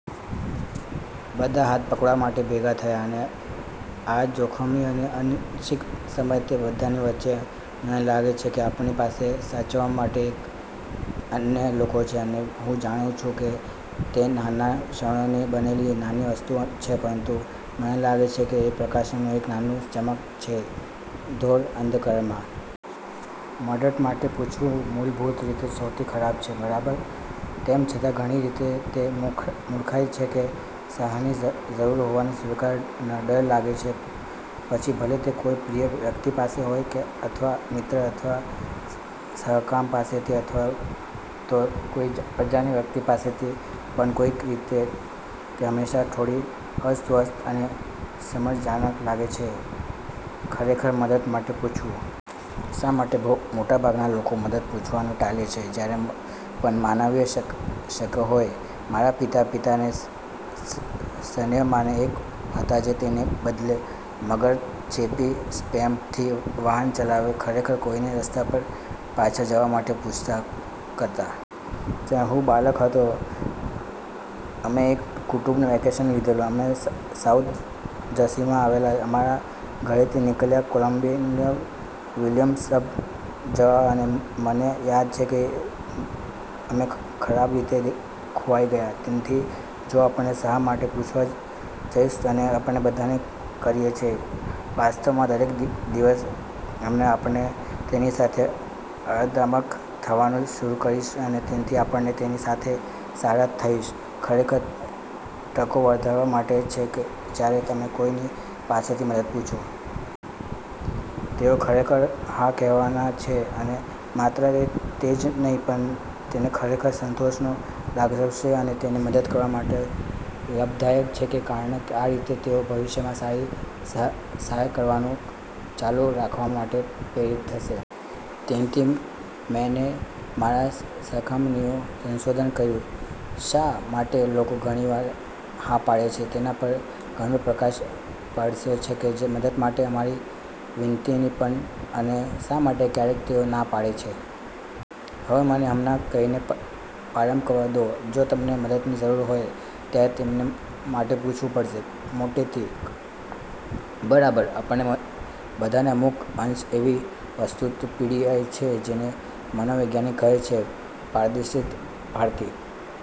બધા હાથ પકડવા માટે ભેગા થયા. અને આ જોખમી અને અનિશ્ચિત સમયમાં તે બધાની વચ્ચે મને લાગે છે કે જે આપણી પાસે સાચવવા માટે તે અન્ય લોકો છે. અને હું જાણું છું કે તે નાના ક્ષણોથી બનેલી નાની વસ્તુ છે પરંતુ મને લાગે છે કે તે પ્રકાશની એક નાની ચમક છે ઘોર અંધકારમાં. મદદ માટે પૂછવુ મૂળભૂત રીતે સૌથી ખરાબ છે, બરાબર? તેમ છતાં ઘણી રીતે તે મૂર્ખાઇ છે કે સહાયની જરૂર હોવાનું સ્વીકારતા ડર લાગે છે પછી ભલે તે કોઈ પ્રિય વ્યક્તિ પાસેથી હોય અથવા મિત્ર અથવા સહકર્મક પાસેથી અથવા તો કોઈ અજાણી વ્યક્તિ પાસેથી પણ કોઈક રીતે તે હંમેશા થોડી અસ્વસ્થતા અને શરમજનક લાગે છે ખરેખર મદદ માટે પૂછવું. શા માટે મોટાભાગના લોકો મદદ પૂછવાનું ટાળે છે જ્યારે પણ માનવીય શક્ય હોય? મારા પિતા, પિતાના તે સૈન્યમાંના એક હતા જે તેના બદલે મગર-ચેપી સ્વેમ્પથી વાહન ચલાવે ખરેખર કોઈને રસ્તા પર પાછા જવા માટે પૂછવા કરતાં. જ્યારે હું બાળક હતો, અમે એક કુટુંબ વેકેશન લીધું. અમે સાઉથ જર્સીમાં આવેલા અમારા ઘરેથી નીકળ્યા કોલોનિયલ વિલિયમ્સબર્ગ જવા અને મને યાદ છે અમે ખરાબ રીતે ખોવાઈ ગયા. તેથી જો આપણે સહાય માટે પૂછવા જઈશું અને આપણે બધા કરીએ છીએ, વાસ્ત્વમા દરેક દિવસ અમે આપણે તેની સાથે આરામદાયક થવાનું શરૂ કરીશું અને તેથી આપણે તેની સાથે સારા થઈશુ ખરેખર તકો વધારવા માટે કે જ્યારે તમે કોઈની પાસે મદદ માટે પૂછો. તેઓ ખરેખર હા કહેવાના છે. અને માત્ર તે જ નહીં, પણ તે તેને ખરેખર સંતોષકારક લાગશે. અને તમને મદદ કરવા માટે લાભદાયક છે કારણકે આ રીતે, તેઓ ભવિષ્યમાં તમારી સહાય કરવાનું ચાલુ રાખવા માટે પ્રેરિત થશે. તેથી મેં ને મારા સહકર્મીઓએ સંશોધન કર્યું, "શા માટે લોકો ઘણી વાર હા પાડે છે?" તેના પર ઘણો પ્રકાશ પાડ્યો છે કે મદદ માટે અમારી વિનંતીઓ પર અને "શા માટે ક્યારેક તેઓ ના પાડે છે?" હવે મને હમણાં કહીને પ્રારંભ કરવા દો, જો તમને મદદની જરૂર હોય, તમારે તેના માટે પૂછવું પડશે. મોટેથી. બરાબર? આપણે બધા અમુક અંશે એવી વસ્તુથી પીડાઇએ છીએ જેને મનોવૈજ્ઞાનિકો કહે છે "પારદર્શિતાનો ભ્રાંતિ".